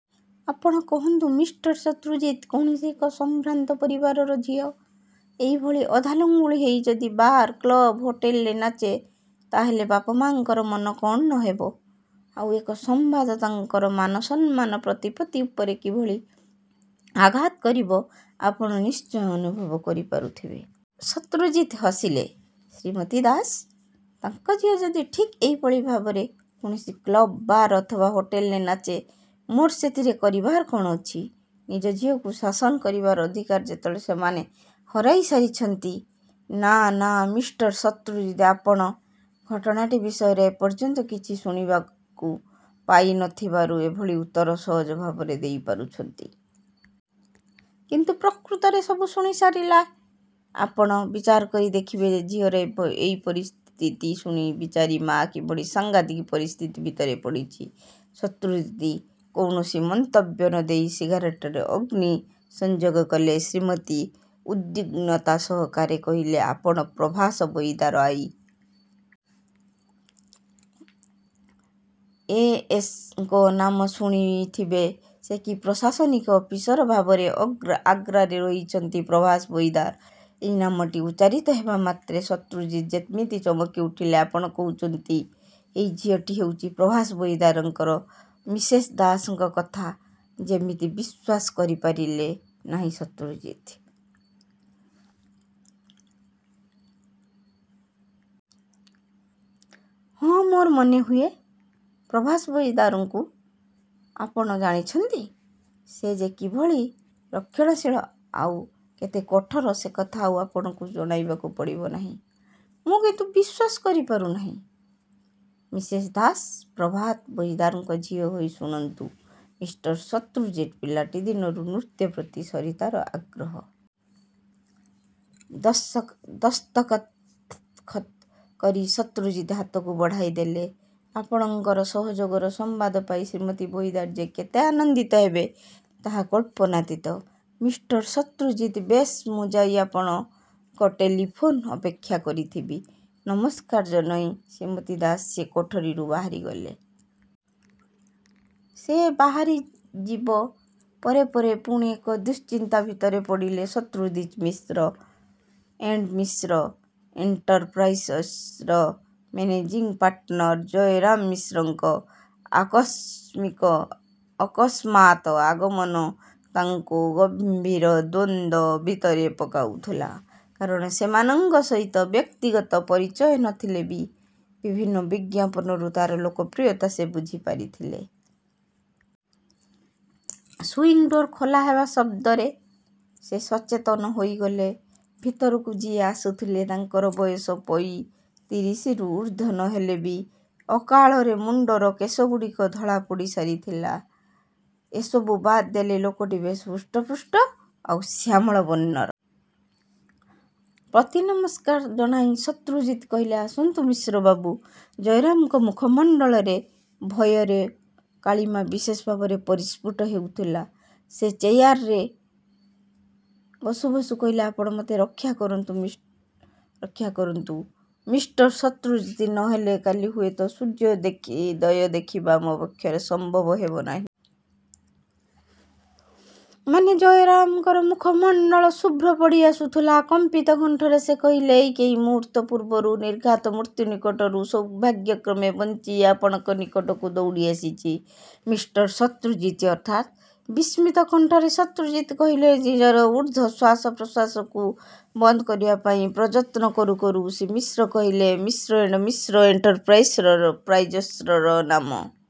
ଆପଣ କହନ୍ତୁ ମିଷ୍ଟର ଶତ୍ରୁଜିତ୍ କୌଣସି ଏକ ସମ୍ଭ୍ରାନ୍ତ ପରିବାରର ଝିଅ, ଏଇଭଳି ଅଧାଲଙ୍ଗୁଳୀ ହେଇ ଯଦି ବାର, କ୍ଳବ, ହୋଟେଲରେ ନାଚେ, ତା ହେଲେ ବାପ ମାଆଙ୍କର ମନ କଣ ନ ହେବ ଆଉ ଏକ ସମ୍ବାଦ ତାଙ୍କର ମାନସମ୍ମାନ ପ୍ରତିପତ୍ତି ଉପରେ କିଭଳି ଆଘାତ କରିବ ଆପଣ ନିଶ୍ଚୟ ଅନୁଭବ କରିପାରୁଥିବେ। ଶତ୍ରୁଜିତ୍ ହସିଲେ ଶ୍ରୀମତୀ ଦାସ ତାଙ୍କ ଝିଅ ଯଦି ଠିକ୍ ଏଇଭଳି ଭାବରେ କୌଣସି କ୍ଲବ, ବାର ଅଥବା ହୋଟେଲରେ ନାଚେ ମୋର ସେଥିରେ କରିବାର କଣ ଅଛି ନିଜ ଝିଅକୁ ଶାସନ କରିବାର ଅଧିକାର ଯେତେବେଳେ ସେମାନେ ହରାଇସାରିଛନ୍ତି ନା ନା ମିଷ୍ଟର ଶତ୍ରୁଜିତ୍ ଆପଣ ଘଟଣାଟି ବିଷୟରେ ଏପର୍ଯ୍ୟନ୍ତ କିଛି ଶୁଣିବାକୁ ପାଇ ନ ଥିବାରୁ ଏଭଳି ଉତ୍ତର ସହଜ ଭାବରେ ଦେଇପାରୁଛନ୍ତି। କିନ୍ତୁ ପ୍ରକୃତରେ ସବୁ ଶୁଣିସାରିଲେ ଆପଣ ବିଚାର କରି ଦେଖିବେ ଯେ ଝିଅର ଏଇ ପରିସ୍ଥିତି ଶୁଣି ବିଚାରୀ ମା କିଭଳି ସାଂଘାତିକ ପରିସ୍ଥିତି ଭିତରେ ପଡ଼ିଛି। ଶତ୍ରୁଜିତ୍ କୌଣସି ମନ୍ତବ୍ୟ ନ ଦେଇ ସିଗାରେଟରେ ଅଗ୍ନି ସଂଯୋଗ କଲେ। ଶ୍ରୀମତୀ ଉଦ୍ବିଗ୍ନତା ସହକାରେ କହିଲେ ଆପଣ ପ୍ରଭାସ ହୋଇତାର ଆଇ। ଏ ଏସ୍ ଙ୍କ ନାମ ଶୁଣିଥିବେ ସେ କି ପ୍ରଶାସନିକ ଅଫିସର ଭାବରେ ଅ ଆଗ୍ରାରେ ରହିଛନ୍ତି ପ୍ରଭାସ ବହିଦାର ଏଇ ନାମଟି ଉଚ୍ଚାରିତ ହେବାମାତ୍ରେ ଶତ୍ରୁଜିତ୍ ଯେମିତି ଚମକିଉଠିଲେ ଆପଣ କହୁଛନ୍ତି । ଏଇ ଝିଅଟି ହେଉଛି ପ୍ରଭାସ ବହିଦାରଙ୍କର ମିସେସ୍ ଦାସଙ୍କ କଥା ଯେମିତି ବିଶ୍ୱାସ କରିପାରିଲେ ନାହିଁ ଶତ୍ରୁଜିତ୍। ହଁ ମୋର ମନେହୁଏ, ପ୍ରଭାସ ବହିଦାରଙ୍କୁ ଆପଣ ଜାଣିଛନ୍ତି। ସେ ଯେ କିଭଳି ରକ୍ଷଣଶୀଳ ଆଉ କେତେ କଠୋର ସେକଥା ଆଉ ଆପଣଙ୍କୁ ଜଣାଇବାକୁ ପଡ଼ିବ ନାହିଁ। ମୁଁ କିନ୍ତୁ ବିଶ୍ୱାସ କରିପାରୁନାହିଁ । ମିସେସ ଦାସ ପ୍ରଭାତ ବହିଦାରଙ୍କ ଝିଅ ହୋଇ ଶୁଣନ୍ତୁ ମିଷ୍ଟର ଶତ୍ରୁଜିତ୍ ପିଲାଟି ଦିନରୁ ନୃତ୍ୟ ପ୍ରତି ସରିତାର ଆଗ୍ରହ। ଦସ୍ତଖତ୍ କରି ଶତ୍ରୁଜିତ୍ ହାତକୁ ବଢ଼ାଇଦେଲେ। ଆପଣଙ୍କର ସହଯୋଗର ସମ୍ବାଦ ପାଇ ଶ୍ରୀମତୀ ବହିଦାର ଯେ କେତେ ଆନନ୍ଦିତ ହେବେ ତାହା କଳ୍ପନାତୀତ, ମିଷ୍ଟର ଶତ୍ରୁଜିତ୍ ବେଶ୍ ମୁଁ ଯାଇ ଆପଣଙ୍କ ଟେଲିଫୋନ୍କୁ ଅପେକ୍ଷା କରିଥିବି। ନମସ୍କାର ଜଣାଇ ଶ୍ରୀମତୀ ଦାସ ସେ କୋଠରିରୁ ବାହାରିଗଲେ। ସେ ବାହାରିଯିବ ପରେ ପରେ ପୁଣି ଏକ ଦୁଶ୍ଚିନ୍ତା ଭିତରେ ପଡ଼ିଲେ ଶତ୍ରୁଜିତ୍ ମିଶ୍ର, ଏଣ୍ତ୍ ମିଶ୍ର, ଏଣ୍ଟରପ୍ରାଇଜର୍ସର ମେନେଜିଂ ପାର୍ଟନର ଜୟରାମ ମିଶ୍ରଙ୍କ ଅକସ୍ମାତ୍ ଆଗମନ ତାଙ୍କୁ ଗଭୀର ଦ୍ୱନ୍ଦ୍ୱ ଭିତରେ ପକାଉଥିଲା। କାରଣ ସେମାନଙ୍କ ସହିତ ବ୍ୟକ୍ତିଗତ ପରିଚୟ ନ ଥିଲେ ବି ବିଭିନ୍ନ ବିଜ୍ଞାପନରୁ ତାର ଲୋକପ୍ରିୟତା ସେ ବୁଝିପାରିଥିଲେ। ସୁଇଂଡୋର ଖୋଲା ହେବା ଶଦ୍ଦରେ ସେ ସଚେତନ ହୋଇଗଲେ। ଭିତରକୁ ଯିଏ ଆସୁଥିଲେ ତାଙ୍କର ବୟସ ପଇତିରିସି ରୁ ଊର୍ଦ୍ଧ୍ୱ ନ ହେଲେ ବି ଅକାଳରେ ମୁଣ୍ତର କେଶଗୁଡ଼ିକ ଧଳା ପଡ଼ିଆସିଥିଲା। ଏ ସବୁ ବାଦ୍ ଦେଲେ ଲୋକଟି ବେଶ୍ ହୃଷ୍ଟପୁଷ୍ଟ ଆଉ ଶ୍ୟାମଳ ବର୍ଣ୍ଣର। ପ୍ରତିନମସ୍କାର ଜଣାଇ ଶତ୍ରୁଜିତ୍ କହିଲେ ଆସନ୍ତୁ ମିଶ୍ରବାବୁ ଜୟରାମଙ୍କ ମୁଖମଣ୍ତଳରେ ଭୟର କାଳିମା ବିଶେଷ ଭାବରେ ପରିସ୍ଫୁଟ ହେଉଥିଲା। ସେ ଚେୟାରରେ ବସୁ ବସୁ କହିଲେ ଆପଣ ମୋତେ ରକ୍ଷା କରନ୍ତୁ। ମିଷ୍ଟର ଶତ୍ରୁଜିତ୍ ନ ହେଲେ କାଲି ହୁଏତ ସୂର୍ଯ୍ୟୋଦୟ ଦେଖିବା ମୋ ପକ୍ଷରେ ସମ୍ଭବ ହେବ ନାହିଁ। ମାନେ ଜୟରାମଙ୍କର ମୁଖମଣ୍ତଳ ଶୁଭ୍ର ପଡ଼ିଆସୁଥିଲା। କମ୍ପିତ କଣ୍ଠରେ ସେ କହିଲେ ଏଇ କେଇ ମୁହୂର୍ତ୍ତ ପୂର୍ବରୁ ନିର୍ଘାତ ମୃତ୍ୟୁ ନିକଟରୁ ସୌଭାଗ୍ୟକ୍ରମେ ବଞ୍ଚି ଆପଣଙ୍କ ନିକଟକୁ ଦୌଡ଼ିଆସିଛି ମିଷ୍ଟର ଶତ୍ରୁଜିତ୍ ଅର୍ଥାତ୍ ବିସ୍ମିତ କଣ୍ଠରେ ଶତ୍ରୁଜିତ୍ କହିଲେ। ନିଜର ଊର୍ଦ୍ଧ୍ୱ ଶ୍ୱାସ ପ୍ରଶ୍ୱାସକୁ ବନ୍ଦ କରିବାପାଇଁ ପ୍ରଯତ୍ନ କରୁକରୁ ଶ୍ରୀ ମିଶ୍ର କହିଲେ ମିଶ୍ର ଏଣ୍ତ୍ ମିଶ୍ର ଏଣ୍ଟରପ୍ରାଇଜର୍ସର ନାମ ।